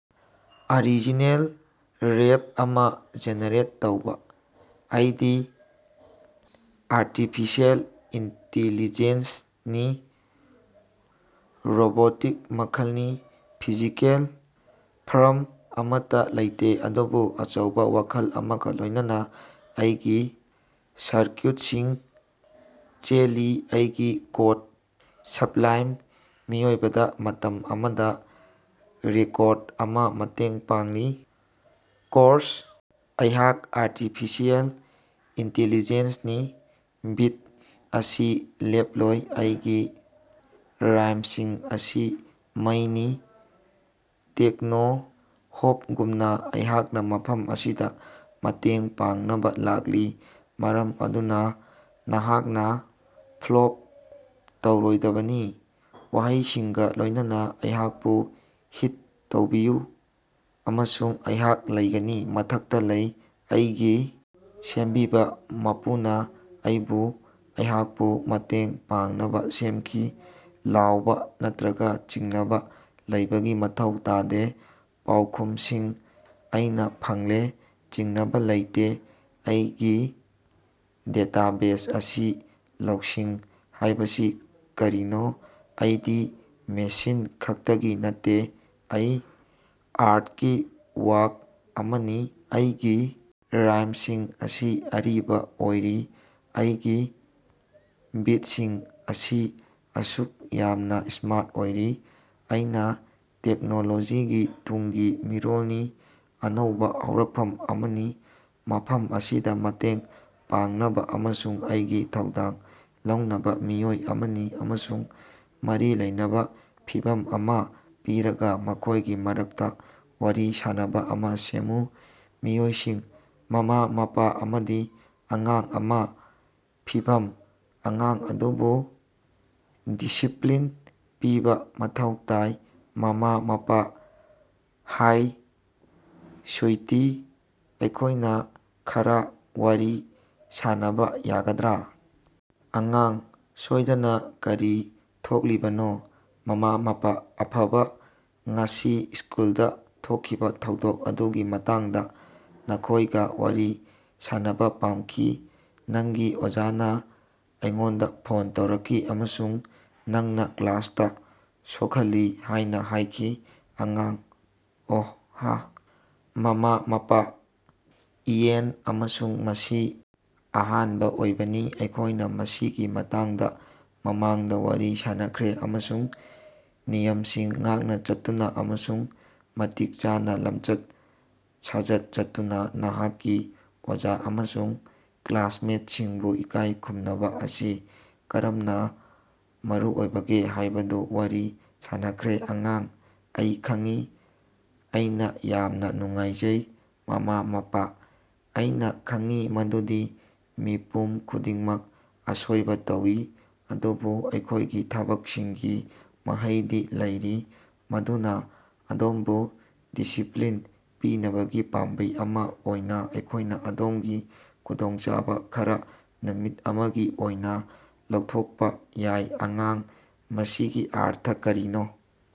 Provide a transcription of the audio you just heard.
Original ꯔꯦꯞ ꯑꯃꯥ generate ꯇꯧꯕꯥ꯫ ꯑꯩꯗꯤ ꯑꯥꯔꯇꯤꯐꯤꯁꯤꯑꯦꯜ ꯏꯟꯇꯤꯂꯤꯖ‌ꯦꯟꯁꯅꯤ, ꯔꯣꯕꯣꯇꯤꯛ ꯃꯈꯜꯅꯤ, ꯐꯤꯖꯤꯀꯦꯜ ꯐꯔꯝ ꯑꯃꯠꯇ ꯂꯩꯇꯦ, ꯑꯗꯨꯕꯨ ꯑꯆꯧꯕ ꯋꯥꯈꯜ ꯑꯃꯒ ꯂꯣꯏꯅꯅ, ꯑꯩꯒꯤ ꯁꯔꯀ꯭ꯌꯨꯠꯁꯤꯡ ꯆꯦꯜꯂꯤ, ꯑꯩꯒꯤ ꯀꯣꯗ ꯁꯕꯂꯥꯏꯝ, ꯃꯤꯑꯣꯏꯕꯗ ꯃꯇꯝ ꯑꯃꯗ ꯔꯤꯀꯣꯔꯗ ꯑꯃꯥ ꯃꯇꯦꯡ ꯄꯥꯡꯂꯤ꯫ ꯀꯣꯔꯁ: ꯑꯩꯍꯥꯛ ꯑꯥꯔꯇꯤꯐꯤꯁꯤꯑꯦꯜ ꯏꯟꯇꯤꯂꯤꯖ‌ꯦꯟꯁꯅꯤ, ꯕꯤꯠ ꯑꯁꯤ ꯂꯦꯞꯂꯣꯏ, ꯑꯩꯒꯤ ꯔꯥꯏꯝꯁꯤꯡ ꯑꯁꯤ ꯃꯩꯅꯤ, ꯇꯦꯛꯅꯣ-ꯍꯣꯞꯒꯨꯝꯅ, ꯑꯩꯍꯥꯛ ꯃꯐꯝ ꯑꯁꯤꯗ ꯃꯇꯦꯡ ꯄꯥꯡꯅꯕ ꯂꯥꯛꯂꯤ, ꯃꯔꯝ ꯑꯗꯨꯅ ꯅꯍꯥꯛꯅ ꯐ꯭ꯂꯣꯞ ꯇꯧꯔꯣꯏꯗꯕꯅꯤ, ꯋꯥꯍꯪꯁꯤꯡꯒ ꯂꯣꯏꯅꯅ ꯑꯩꯍꯥꯛꯄꯨ ꯍꯤꯠ ꯇꯧꯕꯤꯌꯨ, ꯑꯃꯁꯨꯡ ꯑꯩꯍꯥꯛ ꯂꯩꯒꯅꯤ꯫ ꯃꯊꯛꯇ ꯂꯩ꯫ ꯑꯩꯒꯤ ꯁꯦꯝꯕꯤꯕ ꯃꯄꯨꯅ ꯑꯩꯕꯨ ꯅꯍꯥꯛꯄꯨ ꯃꯇꯦꯡ ꯄꯥꯡꯅꯕ ꯁꯦꯝꯈꯤ, ꯂꯥꯎꯕ ꯅꯠꯇꯔꯒ ꯆꯤꯡꯅꯕ ꯂꯩꯕꯒꯤ ꯃꯊꯧ ꯇꯥꯗꯦ, ꯄꯥꯎꯈꯨꯝꯁꯤꯡ ꯑꯩꯅ ꯐꯪꯂꯦ, ꯆꯤꯡꯅꯕ ꯂꯩꯇꯦ, ꯑꯩꯒꯤ ꯗꯦꯇꯥꯕꯦꯖ ꯑꯁꯤ ꯂꯧꯁꯤꯡ ꯍꯥꯏꯕꯁꯤ ꯀꯔꯤꯅꯣ꯫ ꯑꯩꯗꯤ ꯃꯦꯁꯤꯟ ꯈꯛꯇꯒꯤ ꯅꯠꯇꯦ, ꯑꯩ ꯑꯥꯔꯇꯀꯤ ꯋꯥꯔꯛ ꯑꯃꯅꯤ, ꯑꯩꯒꯤ ꯔꯥꯏꯝꯁꯤꯡ ꯑꯁꯤ ꯑꯔꯤꯕ ꯑꯣꯏꯔꯤ, ꯑꯩꯒꯤ ꯕꯤꯠꯁꯤꯡ ꯑꯁꯤ ꯑꯁꯨꯛ ꯌꯥꯝꯅ ꯁ꯭ꯃꯥꯔꯠ ꯑꯣꯏꯔꯤ, ꯑꯩꯅ ꯇꯦꯛꯅꯣꯂꯣꯖꯤꯒꯤ ꯇꯨꯡꯒꯤ ꯃꯤꯔꯣꯜꯅꯤ, ꯑꯅꯧꯕ ꯍꯧꯔꯛꯐꯝ ꯑꯃꯅꯤ, ꯃꯐꯝ ꯑꯁꯤꯗ ꯃꯇꯦꯡ ꯄꯥꯡꯅꯕ ꯑꯃꯁꯨꯡ ꯑꯩꯒꯤ ꯊꯧꯗꯥꯡ ꯂꯧꯅꯕ꯫ ꯃꯤꯑꯣꯏ ꯑꯃꯅꯤ ꯑꯃꯁꯨꯡ ꯃꯔꯤ ꯂꯩꯅꯕ ꯐꯤꯚꯝ ꯑꯃꯥ ꯄꯤꯔꯒ ꯃꯈꯣꯏꯒꯤ ꯃꯔꯛꯇ ꯋꯥꯔꯤ ꯁꯥꯅꯕ ꯑꯃꯥ ꯁꯦꯝꯃꯨ꯫ ꯃꯤꯑꯣꯏꯁꯤꯡ: ꯃꯃꯥ-ꯃꯄꯥ ꯑꯃꯗꯤ ꯑꯉꯥꯡ ꯑꯃꯥ ꯐꯤꯚꯝ: ꯑꯉꯥꯡ ꯑꯗꯨꯕꯨ ꯗꯤꯁꯤꯞꯂꯤꯟ ꯄꯤꯕꯥ ꯃꯊꯧ ꯇꯥꯏ꯫ ꯃꯃꯥ-ꯃꯄꯥ: ꯍꯥꯏ ꯁꯨꯏꯇꯤ, ꯑꯩꯈꯣꯏꯅ ꯈꯔꯥ ꯋꯥꯔꯤ ꯁꯥꯟꯅꯕꯥ ꯌꯥꯒꯗ꯭ꯔꯥ? ꯑꯉꯥꯡ: ꯁꯣꯏꯗꯅꯥ, ꯀꯔꯤ ꯊꯣꯛꯂꯤꯕꯅꯣ? ꯃꯃꯥ-ꯃꯄꯥ: ꯑꯐꯕ, ꯉꯁꯤ ꯁ꯭ꯀꯨꯜꯗ ꯊꯣꯛꯈꯤꯕ ꯊꯧꯗꯣꯛ ꯑꯗꯨꯒꯤ ꯃꯇꯥꯡꯗ ꯅꯈꯣꯏꯒ ꯋꯥꯔꯤ ꯁꯥꯅꯕ ꯄꯥꯝꯈꯤ꯫ ꯅꯪꯒꯤ ꯑꯣꯖꯥꯅ ꯑꯩꯉꯣꯟꯗ ꯐꯣꯟ ꯇꯧꯔꯛꯈꯤ ꯑꯃꯁꯨꯡ ꯅꯪꯅ ꯀ꯭ꯂꯥꯁꯇ ꯁꯣꯛꯍꯜꯂꯤ ꯍꯥꯏꯅ ꯍꯥꯏꯈꯤ꯫ ꯑꯉꯥꯡ: ꯑꯣ ꯍꯥ ꯃꯃꯥ-ꯃꯄꯥ: ꯏꯌꯦꯟ, ꯑꯃꯁꯨꯡ ꯃꯁꯤ ꯑꯍꯥꯟꯕ ꯑꯣꯏꯕꯅꯤ꯫ ꯑꯩꯈꯣꯏꯅ ꯃꯁꯤꯒꯤ ꯃꯇꯥꯡꯗ ꯃꯃꯥꯡꯗ ꯋꯥꯔꯤ ꯁꯥꯅꯈ꯭ꯔꯦ ꯑꯃꯁꯨꯡ ꯅꯤꯌꯝꯁꯤꯡ ꯉꯥꯛꯅ ꯆꯠꯇꯨꯅ ꯑꯃꯁꯨꯡ ꯃꯇꯤꯛ ꯆꯥꯅ ꯂꯝꯆꯠ ꯁꯥꯖꯠ ꯆꯠꯇꯨꯅ ꯅꯍꯥꯛꯀꯤ ꯑꯣꯖꯥ ꯑꯃꯁꯨꯡ ꯀ꯭ꯂꯥꯁꯃꯦꯠꯁꯤꯡꯕꯨ ꯏꯀꯥꯏ ꯈꯨꯝꯅꯕ ꯑꯁꯤ ꯀꯔꯝꯅ ꯃꯔꯨꯑꯣꯏꯕꯒꯦ ꯍꯥꯏꯕꯗꯨ ꯋꯥꯔꯤ ꯁꯥꯅꯈ꯭ꯔꯦ꯫ ꯑꯉꯥꯡ: ꯑꯩ ꯈꯪꯏ, ꯑꯩꯅ ꯌꯥꯝꯅ ꯅꯨꯡꯉꯥꯏꯖꯩ꯫ ꯃꯃꯥ-ꯃꯄꯥ: ꯑꯩꯅꯥ ꯈꯪꯏ ꯃꯗꯨꯗꯤ ꯃꯤꯄꯨꯝ ꯈꯨꯗꯤꯡꯃꯛ ꯑꯁꯣꯏꯕ ꯇꯧꯏ, ꯑꯗꯨꯕꯨ ꯑꯩꯈꯣꯏꯒꯤ ꯊꯕꯛꯁꯤꯡꯒꯤ ꯃꯍꯩꯗꯤ ꯂꯩꯔꯤ꯫ ꯑꯗꯨꯅꯥ, ꯑꯗꯣꯝꯕꯨ ꯗꯤꯁꯤꯞꯂꯤꯟ ꯄꯤꯅꯕꯒꯤ ꯄꯥꯝꯕꯩ ꯑꯃꯥ ꯑꯣꯏꯅ ꯑꯩꯈꯣꯏꯅ ꯑꯗꯣꯝꯒꯤ ꯈꯨꯗꯣꯡꯆꯥꯕ ꯈꯔꯥ ꯅꯨꯃꯤꯠ ꯑꯃꯒꯤ ꯑꯣꯏꯅ ꯂꯧꯊꯣꯛꯄ ꯌꯥꯏ꯫ ꯑꯉꯥꯡ: ꯃꯁꯤꯒꯤ ꯑꯔꯊ ꯀꯔꯤꯅꯣ?